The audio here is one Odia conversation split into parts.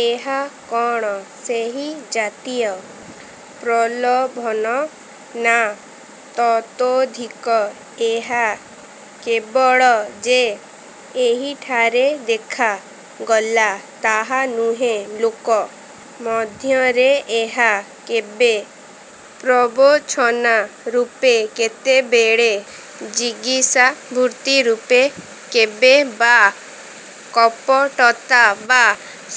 ଏହା କଣ ସେହି ଜାତୀୟ ପ୍ରଲୋଭନ? ନା ତତୋଽଧିକ! ଏହା କେବଳ ଯେ ଏହିଠାରେ ଦେଖା ଗଲା, ତାହା ନୁହେଁ; ଲୋକ। ମଧ୍ୟରେ ଏହା କେବେ ପ୍ରବଞ୍ଚନା-ରୂପେ କେତେବେଳେ ଜିଗୀଷାବୃତ୍ତିରୂପେ କେବେ ବା କପଟତା ବା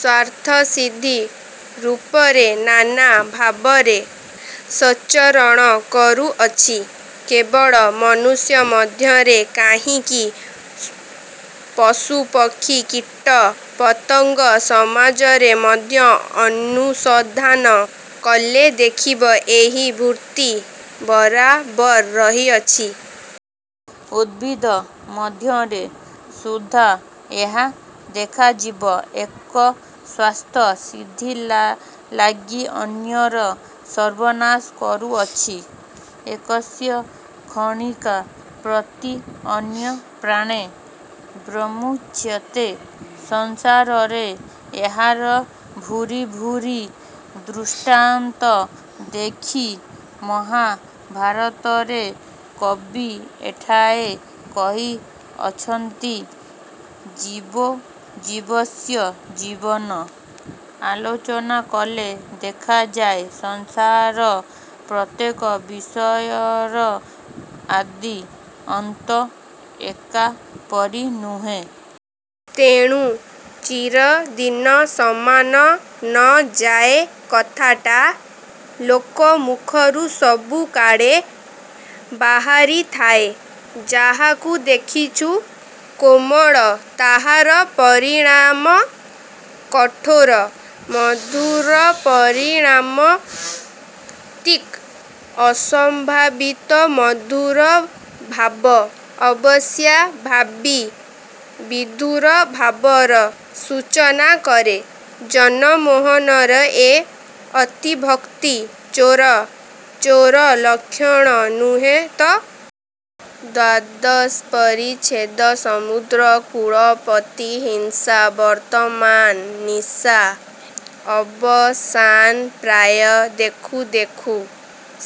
ସ୍ୱାର୍ଥସିଦ୍ଧି ରୂପରେ ନାନା ଭାବରେ ସଞ୍ଚରଣ କରୁଅଛି। କେବଳ ମନୁଷ୍ୟ ମଧ୍ୟରେ କାହିଁକି, ପଶୁ ପକ୍ଷୀ କୀଟ ପତଙ୍ଗ ସମାଜରେ ମଧ୍ୟ ଅନୁସନ୍ଧାନ କଲେ ଦେଖିବ, ଏହି ବୃତ୍ତି ବରାବର ରହିଅଛି। ଉଦ୍ଭିଦ ମଧ୍ୟରେ ସୁଦ୍ଧା ଏହା ଦେଖାଯିବ। ଏକ ସ୍ୱାର୍ଥସିଦ୍ଧିଲାଗି ଅନ୍ୟର ସର୍ବନାଶ କରୁଅଛି! 'ଏକସ୍ୟ କ୍ଷଣିକା ପ୍ରୀତିଃ ଅନ୍ୟଃ ପ୍ରାଣୈ ର୍ବିମୁଚ୍ୟତେ। ' ସଂସାରରେ ଏହାର ଭୂରି ଭୂରି ଦୃଷ୍ଟାନ୍ତ ଦେଖି ମହାଭାରତରେ କବି ଠାଏ କହିଅଛନ୍ତି 'ଜୀବୋଜୀବସ୍ୟ ଜୀବନଂ'। ଆଲୋଚନା କଲେ ଦେଖାଯାଏ, ସଂସାରର ପ୍ରତ୍ୟେକ ବିଷୟର ଆଦି ଅନ୍ତ ଏକା ପରି ନୁହେଁ। ତେଣୁ 'ଚିରଦିନ ସମାନ ନ ଯା'ଏ କଥାଟା ଲୋକମୁଖରୁ ସବୁ କାଳେ ବାହାରି ଥାଏ। ଯାହାକୁ ଦେଖିଛୁ କୋମଳ ତାହାର ପରିଣାମ କଠୋର। ମଧୁରର ପରିଣାମ ତିକ୍ତ। ଅସମ୍ଭାବିତ ମଧୁର ଭାବ ଅବଶ୍ୟମ୍ଭାବୀ ବିଧୁର ଭାବର ସୂଚନା କରେ। ଜନମୋହନର ଏ ଅତିଭକ୍ତି ଚୋରର ଲକ୍ଷଣ ନୁହେଁ ତ? ଦ୍ୱାଦଶ ପରିଚ୍ଛେଦ ସମୁଦ୍ର କୂଳ-ପ୍ରତିହିଂସା ବର୍ତ୍ତମାନ ନିଶା ଅବସାନ ପ୍ରାୟ। ଦେଖୁ ଦେଖୁ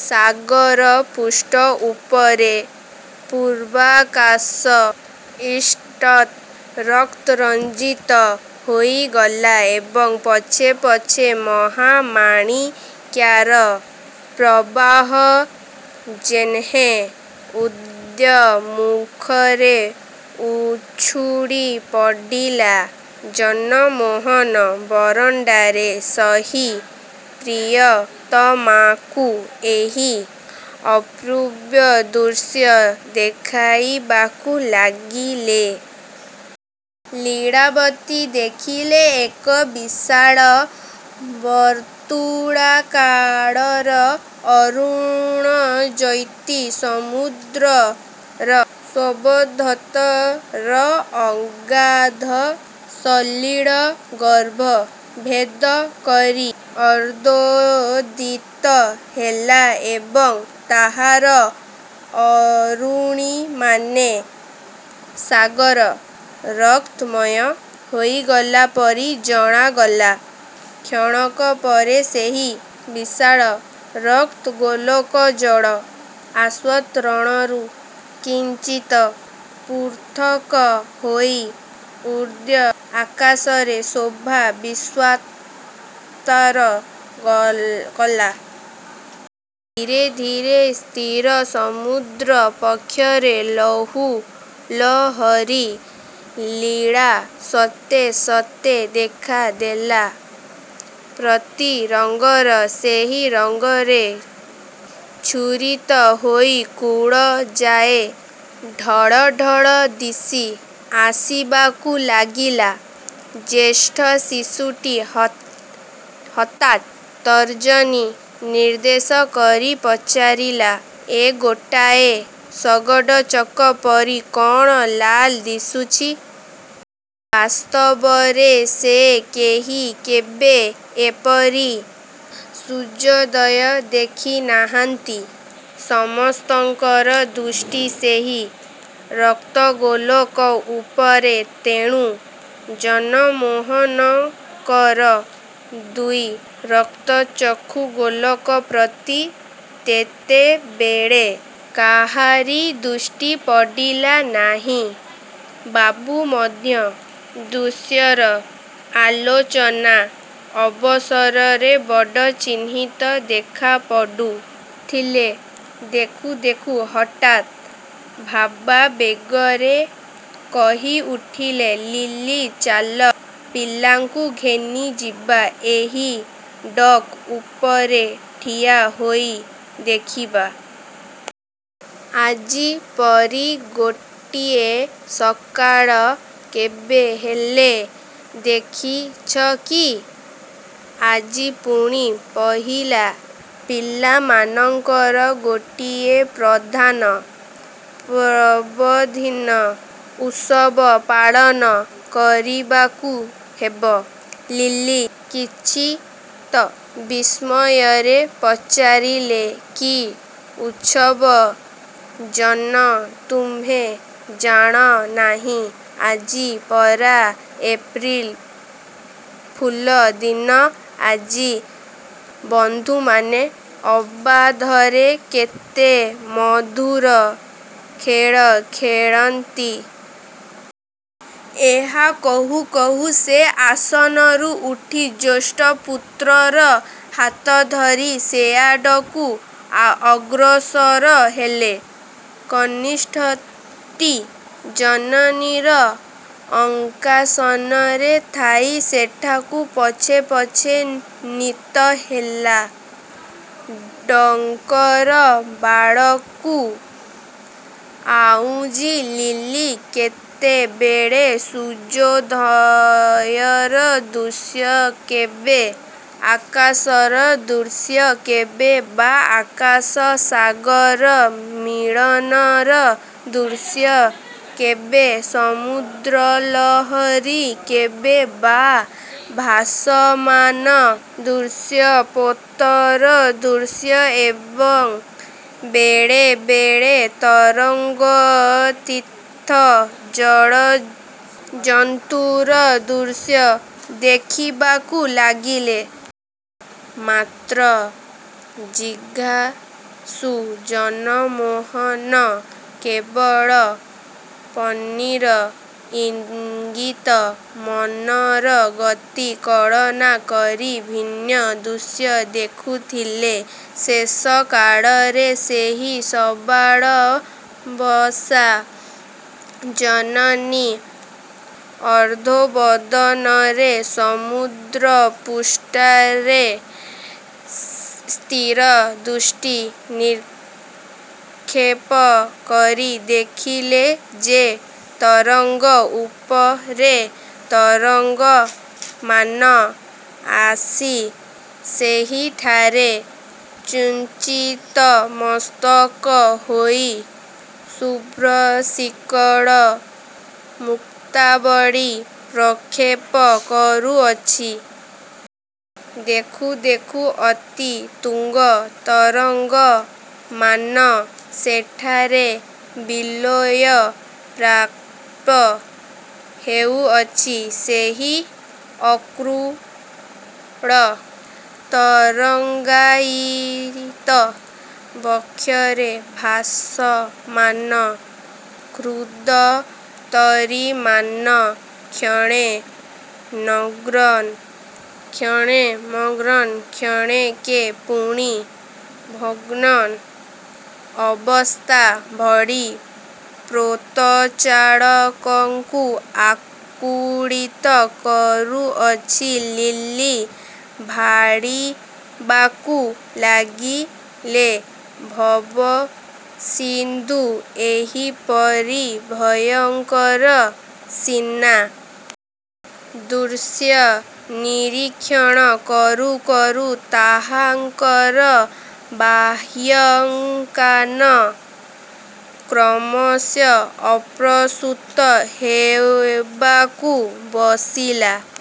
ସାଗରପୃଷ୍ଠ ଉପରେ ପୂର୍ବାକାଶ ଇଷତ୍ ରକ୍ତରଞ୍ଜିତ ହୋଇଗଲା ଏବଂ ପଛେ ପଛେ ମହାମାଣିକ୍ୟର ପ୍ରବାହ ଯେହ୍ନେ ଉର୍ଦ୍ଧ୍ୱମୁଖରେ ଉଛୁଳି ପଡ଼ିଲା। ଜନମୋହନ ବରଣ୍ଡାରେ ବସି ପ୍ରିୟତମାକୁ ଏହି ଅପୂର୍ବ ଦୃଶ୍ୟ ଦେଖାଇବାକୁ ଲାଗିଲେ। ଲୀଳାବତୀ ଦେଖିଲେ, ଏକ ବିଶାଳ ବର୍ତ୍ତୁଳାକାଳର ଅରୁଣଜ୍ୟୋତି ସମୁଦ୍ରର ସ୍ତବ୍ଧତର ଅଗାଧ ସଲିଳଗର୍ଭ ଭେଦ କରି ଅର୍ଦ୍ଧୋଦିତ ହେଲା ଏବଂ ତାହାର ଅରୁଣିମାରେ ସାଗର ରକ୍ତମୟ ହୋଇଗଲା ପରି ଜଣାଗଲା। କ୍ଷଣକ ପରେ ସେହି ବିଶାଳ ରକ୍ତଗୋଲକ ଜଳ ଆସ୍ତରଣରୁ କିଞ୍ଚିତ୍ ପୃଥକ ହୋଇ ଊର୍ଦ୍ଧ୍ୱ ଆକାଶରେ ଶୋଭା ବିସ୍ତାର କଲା। ଧୀରେ ଧୀରେ ସ୍ଥିର ସମୁଦ୍ର ବକ୍ଷରେ ଲଘୁଲହରୀ ଲୀଳା ସ୍ତରେ ସ୍ତରେ ଦେଖା ଦେଲା। ପ୍ରତି ତରଙ୍ଗ ସେହି ରଙ୍ଗରେ ଛୁରିତ ହୋଇ କୂଳଯାଏ ଢଳ ଢଳ ଦିଶି ଆସିବାକୁ ଲାଗିଲା। ଜ୍ୟେଷ୍ଠ ଶିଶୁଟି ହଠାତ୍ ତର୍ଜନୀ ନିର୍ଦ୍ଦେଶ କରି ପଚାରିଲା- ଏ ଗୋଟାଏ ଶଗଡ଼ ଚକ ପରି କଣ ଲାଲ ଦିଶୁଛି? ବାସ୍ତବରେ ସେ କେହି କେବେ ଏପରି ସୂର୍ଯ୍ୟୋଦୟ ଦେଖି ନାହାନ୍ତି। ସମସ୍ତଙ୍କର ଦୃଷ୍ଟି ସେହି ରକ୍ତଗୋଲକ ଉପରେ, ତେଣୁ ଜନମୋହନଙ୍କର ଦୁଇ ରକ୍ତଚକ୍ଷୁଗୋଲକ ପ୍ରତି ତେତେବେଳେ କାହାରି ଦୃଷ୍ଟି ପଡ଼ିଲା ନାହିଁ। ବାବୁ ମଧ୍ୟ ଦୃଶ୍ୟର ଆଲୋଚନା ଅବସରରେ ବଡ଼ ଚିନ୍ତିତ ଦେଖାପଡ଼ୁଥିଲେ। ଦେଖୁ ଦେଖୁ ହଠାତ୍ ଭାବାବେଗରେ କହିଉଠିଲେ, ଲିଲି, ଚାଲ ପିଲାଙ୍କୁ ଘେନି ଯିବା, ଏହି ଡକ୍ ଉପରେ ଠିଆ ହୋଇ ଦେଖିବା। ଆଜି ପରି ଗୋଟିଏ ସକାଳ କେବେ ହେଲେ ଦେଖିଛ କି? ଆଜି ପୁଣି ପହିଲା, ପିଲାମାନଙ୍କର ଗୋଟିଏ ପ୍ରଧାନ ପର୍ବଦିନ। ଉତ୍ସବ ପାଳନ କରିବାକୁ ହେବ। ଲିଲି କିଞ୍ଚିତ୍ ବିସ୍ମୟରେ ପଚାରିଲେ ''କି ଉତ୍ସବ? '' ଜନ ତୁମ୍ଭେ ଜାଣ ନାହିଁ। ଆଜି ପରା ଏପ୍ରିଲ ଫୁଲ ଦିନ ଆଜି ବନ୍ଧୁମାନେ ଅବାଧରେ କେତେ ମଧୁର ଖେଳ ଖେଳନ୍ତି। ଏହା କହୁଁ କହୁଁ ସେ ଆସନରୁ ଉଠି ଜ୍ୟେଷ୍ଠପୁତ୍ରର ହାତ ଧରି ସେଆଡ଼କୁ ଅଗ୍ରସର ହେଲେ। କନିଷ୍ଠଟି ଜନନୀର ଅଙ୍କାସନରେ ଥାଇ ସେଠାକୁ ପଛେ ପଛେ ନୀତ ହେଲା। ଡକର ବାଡ଼କୁ ଆଉଜି ଲିଲି କେତେବେଳେ ସୂର୍ଯ୍ୟୋଦୟର ଦୃଶ୍ୟ କେବେ ଆକାଶର ଦୃଶ୍ୟ କେବେ ବା ଆକାଶ ସାଗର ମିଳନର ଦୃଶ୍ୟ କେବେ ସମୁଦ୍ରଲହରୀ କେବେ ବା ଭାସମାନ କ୍ଷୁଦ୍ରପୋତର ଦୃଶ୍ୟ ଏବଂ ବେଳେ ବେଳେ ତରଙ୍ଗୋତ୍ଥିତ ଜଳଜନ୍ତୁର ଦୃଶ୍ୟ ଦେଖିବାକୁ ଲାଗିଲେ। ମାତ୍ର ଜିଘାଂସୁ ଜନମୋହନ କେବଳ ପତ୍ନୀର ଇଙ୍ଗିତ, ମନର ଗତି କଳନା କରି ଭିନ୍ନ ଦୃଶ୍ୟ ଦେଖୁଥିଲେ। ଶେଷକାଳରେ ସେହି ସବାଳବତ୍ସା ଜନନୀ ଅଧୋବଦନରେ ସମୁଦ୍ରପୃଷ୍ଠରେ ସ୍ଥିର ଦୃଷ୍ଟି ନିକ୍ଷେପ କରି ଦେଖିଲେ ଯେ ତରଙ୍ଗ ଉପରେ ତରଙ୍ଗମାନ ଆସି ସେହିଠାରେ ଚୂର୍ଣ୍ଣିତମସ୍ତକ ହୋଇ ଶୁଭ୍ରଶୀକର ମୁକ୍ତାବଳୀ ପ୍ରକ୍ଷେପ କରୁଅଛି। ଦେଖୁ ଦେଖୁ ଅତି ତୁଙ୍ଗ ତରଙ୍ଗମାନ ସେଠାରେ ବିଲୟ ପ୍ରାପ୍ତ ହେଉଅଛି। ସେହି ଅକୂଳ ତରଙ୍ଗାୟିତ ବକ୍ଷରେ ଭାସମାନ କ୍ଷୁଦ୍ରତରୀମାନ କ୍ଷଣେ ନଗ୍ନ କ୍ଷଣେ ମଗ୍ନ କ୍ଷଣକେ ପୁଣି ଭଗ୍ନ ଅବସ୍ଥା ଭଳି ପୋତଚାଳକଙ୍କୁ ଆକୁଳିତ କରୁଅଛି। ଲିଲି ଭାଳିବାକୁ ଲାଗିଲେ, ଭବସିନ୍ଧୁ ଏହିପରି ଭୟଙ୍କର ସିନା! ଦୃଶ୍ୟ ନିରୀକ୍ଷଣ କରୁ କରୁ ତାହାଙ୍କର ବାହ୍ୟଜ୍ଞାନ କ୍ରମଶଃ ଅପସୃତ ହେବାକୁ ବସିଲା।